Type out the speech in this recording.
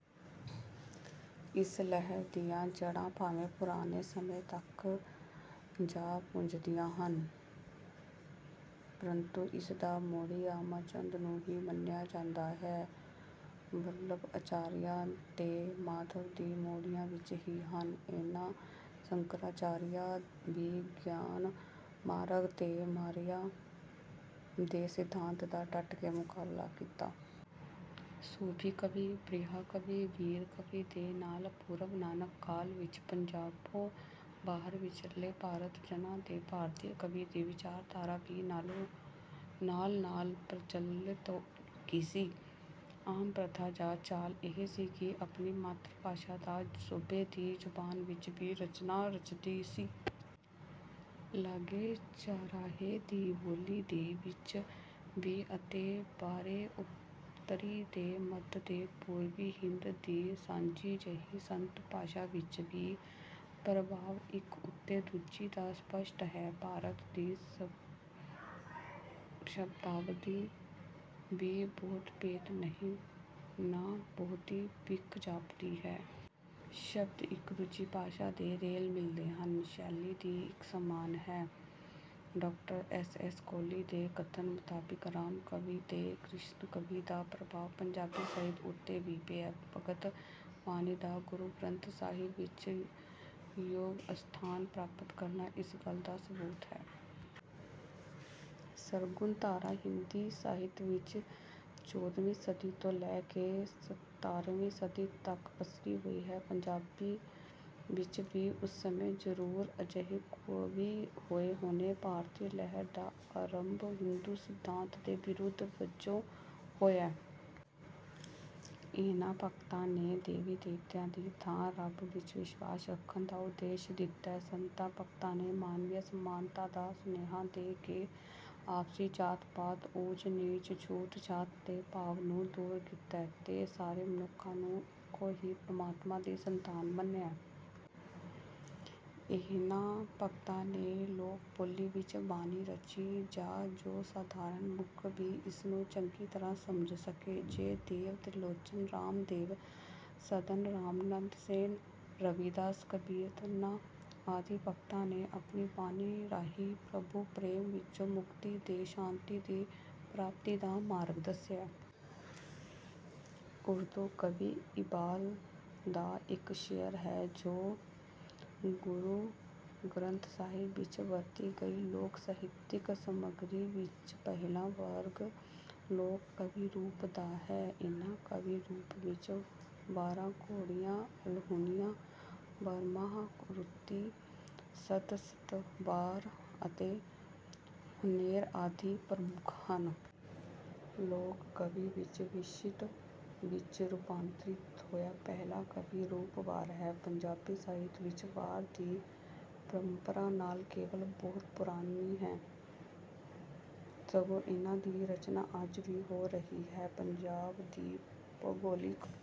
ਇਸ ਲਹਿਰ ਦੀਆਂ ਜੜ੍ਹਾਂ ਭਾਵੇਂ ਪੁਰਾਣੇ ਸਮੇਂ ਤੱਕ ਜਾ ਪੁੱਜਦੀਆਂ ਹਨ। ਪ੍ਰੰਤੂ ਇਸ ਦਾ ਮੋਢੀ ਰਾਮਾਚੰਦ ਨੂੰ ਹੀ ਮੰਨਿਆ ਜਾਂਦਾ ਹੈ। ਵਲਭ ਅਚਾਰੀਆ ਤੇ ਮਾਧਵ ਵੀ ਮੋਢੀਆਂ ਵਿੱਚੋਂ ਹੀ ਹਨ। ਇਨ੍ਹਾਂ ਸ਼ੰਕਰਾਚਾਰੀਆ ਦੀ ਗਿਆਨ ਮਾਰਗ ਤੇ ਮਾਇਆ ਦੇ ਸਿਧਾਂਤ ਦਾ ਡੱਟ ਕੇ ਮੁਕਾਬਲਾ ਕੀਤਾ। ਸੂਫੀ ਕਵੀ ਬ੍ਰਿਹਾ ਕਵੀ ਬੀਰ ਕਵੀ ਦੇ ਨਾਲ ਪੂਰਵ ਨਾਨਕ ਕਾਲ ਵਿੱਚ ਪੰਜਾਬੋਂ ਬਾਹਰ ਵਿਚਰਦੇ ਭਾਗਤ ਜਨਾਂ ਦੇ ਭਗਤੀ ਕਾਵਿ ਦੀ ਵਿਚਾਰਧਾਰਾ ਵੀ ਨਾਲ ਨਾਲ ਪ੍ਰਚੱਲਤ ਹੋ ਚੁੱਕੀ ਸੀ। ਆਮ ਪ੍ਰਥਾ ਜਾਂ ਚਾਲ ਇਹ ਸੀ ਕਿ ਆਪਣੀ ਮਾਤ ਭਾਸ਼ਾ ਜਾਂ ਸੂਬੇ ਦੀ ਜ਼ੁਬਾਨ ਵਿੱਚ ਵੀ ਰਚਨਾ ਰਚੀਂਦੀ ਸੀ। ਲਾਗੇ ਚਾਰਹੇ ਦੀ ਬੋਲੀ ਦੀ ਵਿੱਚ ਵੀ ਅਤੇ ਬਾਰੇ ਉੱਤਰੀ ਤੇ ਮੱਧ ਤੇ ਪੂਰਬੀ ਹਿੰਦ ਦੀ ਸਾਂਝੀ ਜਹੀ ਸੰਤ ਭਾਸ਼ਾ ਵਿੱਚ ਵੀ। ਪ੍ਰਭਾਵ ਇੱਕ ਉੱਤੇ ਦੂਜੀ ਦਾ ਸਪੱਸ਼ਟ ਹੈ। ਭਾਰਤ ਦੀ ਸ਼ਬਦਾਵਲੀ ਵੀ ਬਹੁਤ ਭੇਤ ਨਹੀਂ ਨਾ ਬਹੁਤੀ ਵਿੱਥ ਜਾਪਦੀ ਹੈ। ਸ਼ਬਦ ਇੱਕ ਦੂਜੀ ਭਾਸ਼ਾ ਦੇ ਰਲੇ ਮਿਲਦੇ ਹਨ। ਸ਼ੈਲੀ ਦੀ ਇੱਕ ਸਮਾਨ ਹੈ। ਡਾਕਟਰ ਐਸ ਐਸ ਕੋਹਲੀ ਦੇ ਕਥਨ ਮੁਤਾਬਿਕ ਰਾਮ ਕਵੀ ਤੇ ਕਿਸ਼ਨਾ ਕਵੀ ਦਾ ਪ੍ਰਭਾਵ ਪੰਜਾਬੀ ਸਾਹਿਤ ਉੱਤੇ ਵੀ ਪਿਆ। ਭਗਤ ਬਾਣੀ ਦਾ ਗੁਰੂ ਗ੍ਰੰਥ ਸਾਹਿਬ ਵਿੱਚ ਯੋਗ ਅਸਥਾਨ ਪ੍ਰਾਪਤ ਕਰਨਾ ਇਸ ਗੱਲ ਦਾ ਸਬੂਤ ਹੈ। ਸਰਗੁਣ ਧਾਰਾ ਹਿੰਦੀ ਸਾਹਿਤ ਵਿੱਚ ਚੌਧਵੀਂ ਸਦੀ ਤੋਂ ਲੈ ਕੇ ਸਤਾਰਵੀਂ ਸਦੀ ਤੱਕ ਪਸਰੀ ਹੋਈ ਹੈ। ਪੰਜਾਬੀ ਵਿੱਚ ਵੀ ਉਸ ਸਮੇਂ ਜਰੂਰ ਅਜਿਹੇ ਕਵੀ ਹੋਏ ਹੋਣੇ। ਭਾਰਤੀ ਲਹਿਰ ਦਾ ਆਰੰਭ ਹਿੰਦੂ ਸਿਧਾਂਤਾਂ ਦੇ ਵਿਰੋਧ ਵਜੋਂ ਹੋਇਆ। ਇਹਨਾਂ ਭਗਤਾਂ ਨੇ ਦੇਵੀ ਦੇਵਤਿਆਂ ਦੀ ਥਾਂ ਰੱਬ ਵਿੱਚ ਵਿਸ਼ਵਾਸ ਰੱਖਣ ਦਾ ਉਪਦੇਸ਼ ਦਿੱਤਾ। ਸੰਤਾਂ ਭਗਤਾਂ ਨੇ ਮਾਨਵੀ ਸਮਾਨਤਾ ਦਾ ਸੁਨੇਹਾ ਦੇ ਕੇ ਆਪਸੀ ਜਾਤ ਪਾਤ ਊਚ ਨੀਚ ਛੂਤ ਛਾਤ ਦੇ ਭਾਵ ਨੂੰ ਦੂਰ ਕੀਤਾ ਤੇ ਸਾਰੇ ਮਨੁੱਖਾਂ ਨੂੰ ਇੱਕੋ ਹੀ ਪ੍ਰਮਾਤਮਾ ਦੀ ਸੰਤਾਨ ਮੰਨਿਆ। ਇਹਨਾਂ ਭਗਤਾਂ ਨੇ ਲੋਕ ਬੋਲੀ ਵਿੱਚ ਬਾਣੀ ਰਚੀ ਤਾਂ ਜੋ ਸਧਾਰਨ ਮਨੁੱਖ ਵੀ ਇਸ ਨੂੰ ਚੰਗੀ ਤਰ੍ਹਾਂ ਸਮਝ ਸਕੇ। ਜੈ ਦੇਵ ਤ੍ਰਿਲੋਚਨ ਰਾਮਦੇਵ ਸਧਨਾ ਰਾਮਾਨੰਦ ਸੈਣ ਰਵੀਦਾਸ ਕਬੀਰ ਧੰਨਾ ਆਦਿ ਭਗਤਾਂ ਨੇ ਆਪਣੀ ਬਾਣੀ ਰਾਹੀਂ ਪ੍ਰਭੂ ਪ੍ਰੇਮ ਵਿੱਚੋਂ ਮੁਕਤੀ ਤੇ ਸ਼ਾਂਤੀ ਦੀ ਪ੍ਰਾਪਤੀ ਦਾ ਮਾਰਗ ਦੱਸਿਆ। ਉਰਦੂ ਕਵੀ ਇਬਾਲ ਦਾ ਇੱਕ ਸ਼ੇਅਰ ਹੈ ਜੋ। ਗੁਰੂ ਗ੍ਰੰਥ ਸਾਹਿਬ ਵਿੱਚ ਵਰਤੀ ਗਈ ਲੋਕ ਸਾਹਿਤਿਕ ਸਮੱਗਰੀ ਵਿੱਚ ਪਹਿਲਾ ਵਰਗ ਲੋਕ ਕਵੀ ਰੂਪਾਂ ਦਾ ਹੈ। ਇਹਨਾਂ ਕਵੀ ਰੂਪਾਂ ਵਿੱਚ ਵਾਰਾਂ ਘੋੜੀਆਂ ਅਲਾਹੁਣੀਆਂ ਬਾਰਾਮਾਹ ਰੁੱਤੀ ਸੱਦ ਸਤਵਾਰਾ ਅਤੇ ਫੁਨਹੇ ਆਦਿ ਪ੍ਰਮੁੱਖ ਹਨ। ਲੋਕ ਕਵੀ ਵਿੱਚੋਂ ਵਿਸ਼ਸ਼ਿਟ ਵਿੱਚ ਰੂਪਾਂਤਰਿਤ ਹੋਇਆ ਪਹਿਲਾ ਕਵੀ ਰੂਪ ਵਾਰ ਹੈ। ਪੰਜਾਬੀ ਸਾਹਿਤ ਵਿੱਚ ਵਾਰਾਂ ਦੀ ਪਰੰਪਰਾ ਨਾ ਕੇਵਲ ਬਹੁਤ ਪੁਰਾਣੀ ਹੈ ਸਗੋਂ ਇਹਨਾਂ ਦੀ ਰਚਨਾ ਅੱਜ ਵੀ ਹੋ ਰਹੀ ਹੈ। ਪੰਜਾਬ ਦੀ ਭੂਗੋਲਿਕ।